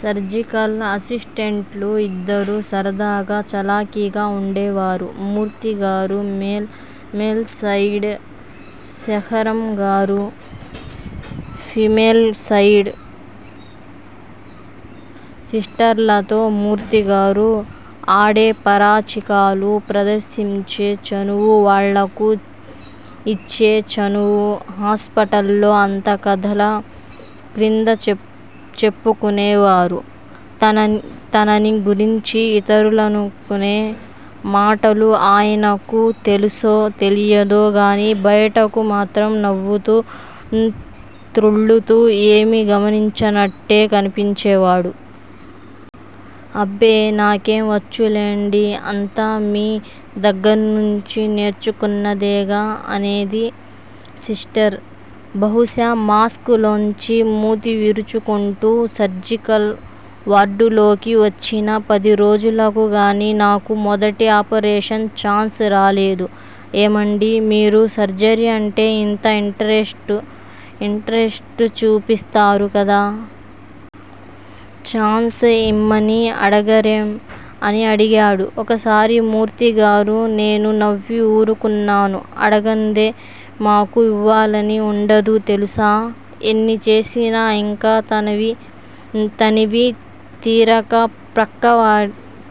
Surgical అసిస్టెంట్లు ఇద్దరూ సరదాగా, చలాకీగా వుండేవారు మూర్తి గారు మేల్ సైడ్, శేఖరం గారు ఫిమేల్ సైడ్. సిస్టర్లతో మూర్తి గారు ఆడే పరాచికాలు, ప్రదర్శించే చనువు, వాళ్ళకు యిచ్చే చనువూ హాస్పిటల్లో అంతా కథల క్రింద చెప్పుకునేవారు. తనని గురించి ఇతరులనుకునే మాటలు ఆయనకు తెలుసో తెలియదో గాని, బయటకు మాత్రం నవ్వుతూ, తృళ్ళుతూ ఏమీ గమనించనట్లే కనిపించేవాడు. అబ్బే! నాకేం వచ్చులెండి. అంతా మీ దగ్గర్నుంచి నేర్చుకున్నదేగా అనేది సిస్టర్ బహుశా మాస్క్ లోంచి మూతి విరుచుకుంటూ. సర్జికల్ వార్డులోకి వచ్చిన పది రోజులకు గాని నాకు మొదటి ఆపరేషన్ ఛాన్స్ రాలేదు. ఏమండీ! మీరు సర్జరీ అంటే ఇంత ఇంటరెస్టు చూపిస్తారు కదా! ఛాన్స్ ఇమ్మని అడగరేం? అని అడిగాడు ఒకసారి మూర్తిగారు. నేను నవ్వి ఊరుకున్నాను. అడగందే మాకు ఇవ్వాలని వుండదు తెలుసా? ఎన్ని చేసినా, ఇంకా తనివి తీరక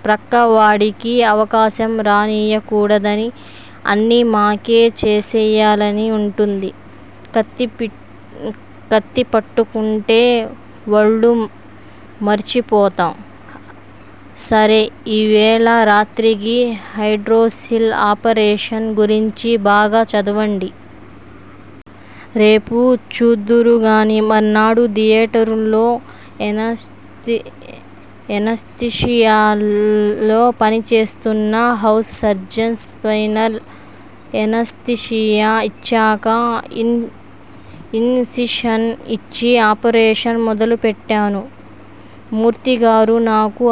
ప్రక్కవాడికి అవకాశం రానీయకూడదనీ, అన్నీ మాకే చేసెయ్యాలనీ వుంటుంది. కత్తి పట్టుకుంటే వళ్ళు మరిచిపోతాం సరే ఇవేళ రాత్రికి హైడ్రోసిల్ ఆపరేషన్ గురించి బాగా చదవండి. రేపు చూద్దురుగాని. మర్నాడు థియేటరులో ఎనస్థీషియాలో పనిచేస్తూన్న హౌస్ సర్జన్ స్పైనల్ ఎనస్థీషియా ఇచ్చాక, ఇన్ సిషన్ యిచ్చి ఆపరేషన్ మొదలుపెట్టాను. మూర్తిగారు నాకు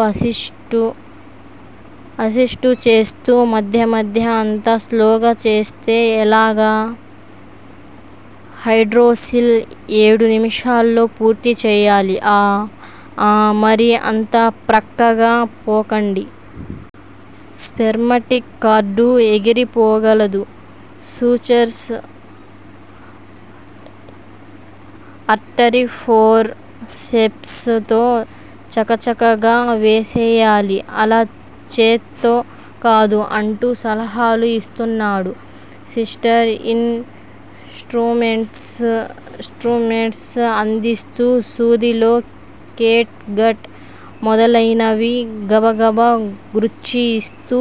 అసిస్టు చేస్తూ మధ్య మధ్య అంత స్లోగా చేస్తే ఎలాగ? హైడ్రోసిల్ ఏడు నిమిషాల్లో పూర్తి చేయాలి ఆఁ ఆఁ, మరీ అంత ప్రక్కగా పోకండి. స్పెర్మటిక్ కార్డు ఎగిరిపోగలదు సూచర్స్ ఆర్టరీఫోర్ సెప్స్ తో చకచకా వేసెయ్యాలి. అలా చేత్తో కాదు అంటూ సలహాలు యిస్తున్నాడు. సిస్టర్ ఇన్ స్ట్రుమెంట్సుఅందిస్తూ సూదిలో కేట్ గట్ మొదలైనవి, గబగబ గ్రుచ్చియిస్తూ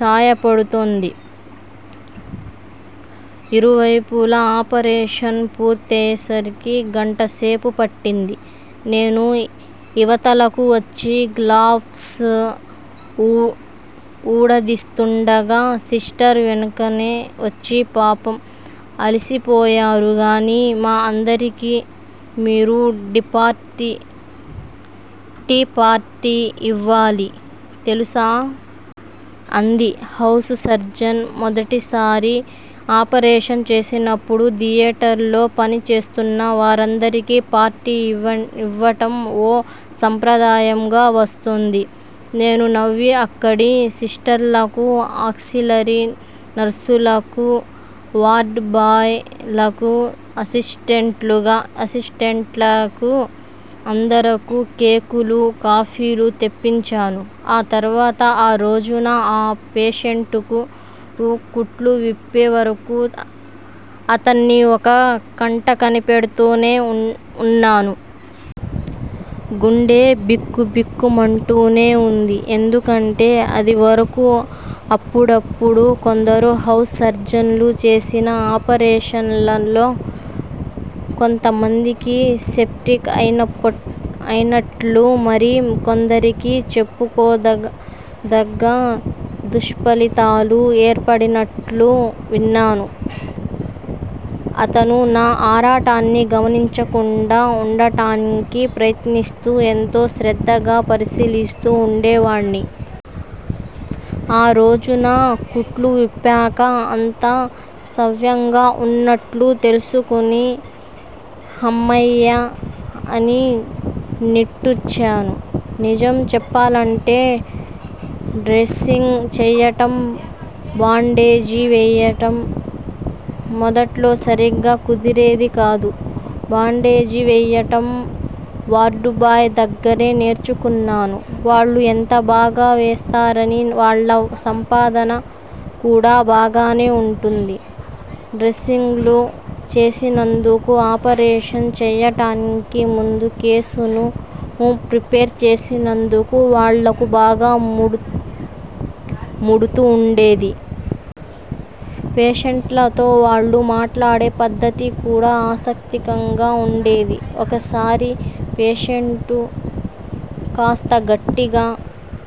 సాయపడుతోంది. ఇరువైపులా ఆపరేషన్ పూర్తయేసరికి గంటసేపు పట్టింది. నేను ఇవతలకు వచ్చి గ్లవ్స్ వూడదీస్తుండగా సిస్టర్ వెనుకనే వచ్చి పాపం అలిసిపోయారు గాని, మా అందరికీ మీరు టీపార్టీ యివ్వాలి తెలుసా? అంది. హౌస్ సర్జన్ మొదటిసారి ఆపరేషన్ చేసినప్పుడు థియేటర్ లో పని చేస్తూన్న వారందరికి పార్టీ యివ్వటం ఓ సంప్రదాయంగా వస్తోంది. నేను నవ్వి అక్కడి సిస్టర్లకూ, ఆక్సిలరీ నర్సులకూ, వార్డు బాయ్ లకూ, అసిస్టెంట్లకూ అందరకూ కేకులూ, కాఫీలు తెప్పించాను. ఆ తర్వాత, ఆ రోజున ఆ పేషెంటుకు కుట్లు విప్పే వరకూ అతన్ని ఒక కంట కనిపెడుతూనే వున్నాను. గుండె బిక్కు బిక్కు మంటూనే వుంది. ఎందుకంటే ఇదివరకు అప్పుడప్పుడూ కొందరు హౌస్ సర్జన్లు చేసిన ఆపరేషన్లలో, కొంతమందికి సెప్టిక్ అయినట్లూ, మరి కొందరికి చెప్పుకో దగ్గ దుష్పలితాలు ఏర్పడినట్లూ విన్నాను. అతను నా ఆరాటాన్ని గమనించకుండా వుండటానికి ప్రయత్నిస్తూ, ఎంతో శ్రద్దగా, పరిశీలిస్తూ వుండేవాణ్ని. ఆ రోజున కుట్లు విప్పాక, అంతా సవ్యంగా వున్నట్లు తెలుసుకుని 'హమ్మయ్య' అని నిట్టూర్చాను. నిజం చెప్పాలంటే డ్రెసింగ్ చేయటం, బాండేజి వేయటం మొదట్లో సరిగ్గా కుదిరేదికాదు. బాండేజి వెయ్యటం వార్డుబాయ్ దగ్గరే నేర్చుకున్నాను. వాళ్ళు ఎంత బాగావేస్తారని! వాళ్ళ సంపాదన కూడా బాగానే వుంటుంది. డ్రెసింగులు చేసినందుకూ, ఆపరేషన్ చెయ్యటానికి ముందు కేసును ప్రిపేర్ చేసినందుకూ, వాళ్ళకు బాగా ముడుతూ వుండేది. పేషెంట్లతో వాళ్ళు మాట్లాడే పద్ధతి కూడా ఆసక్తికంగా వుండేది. ఒకసారో పేషెంటు కాస్త గట్టిగా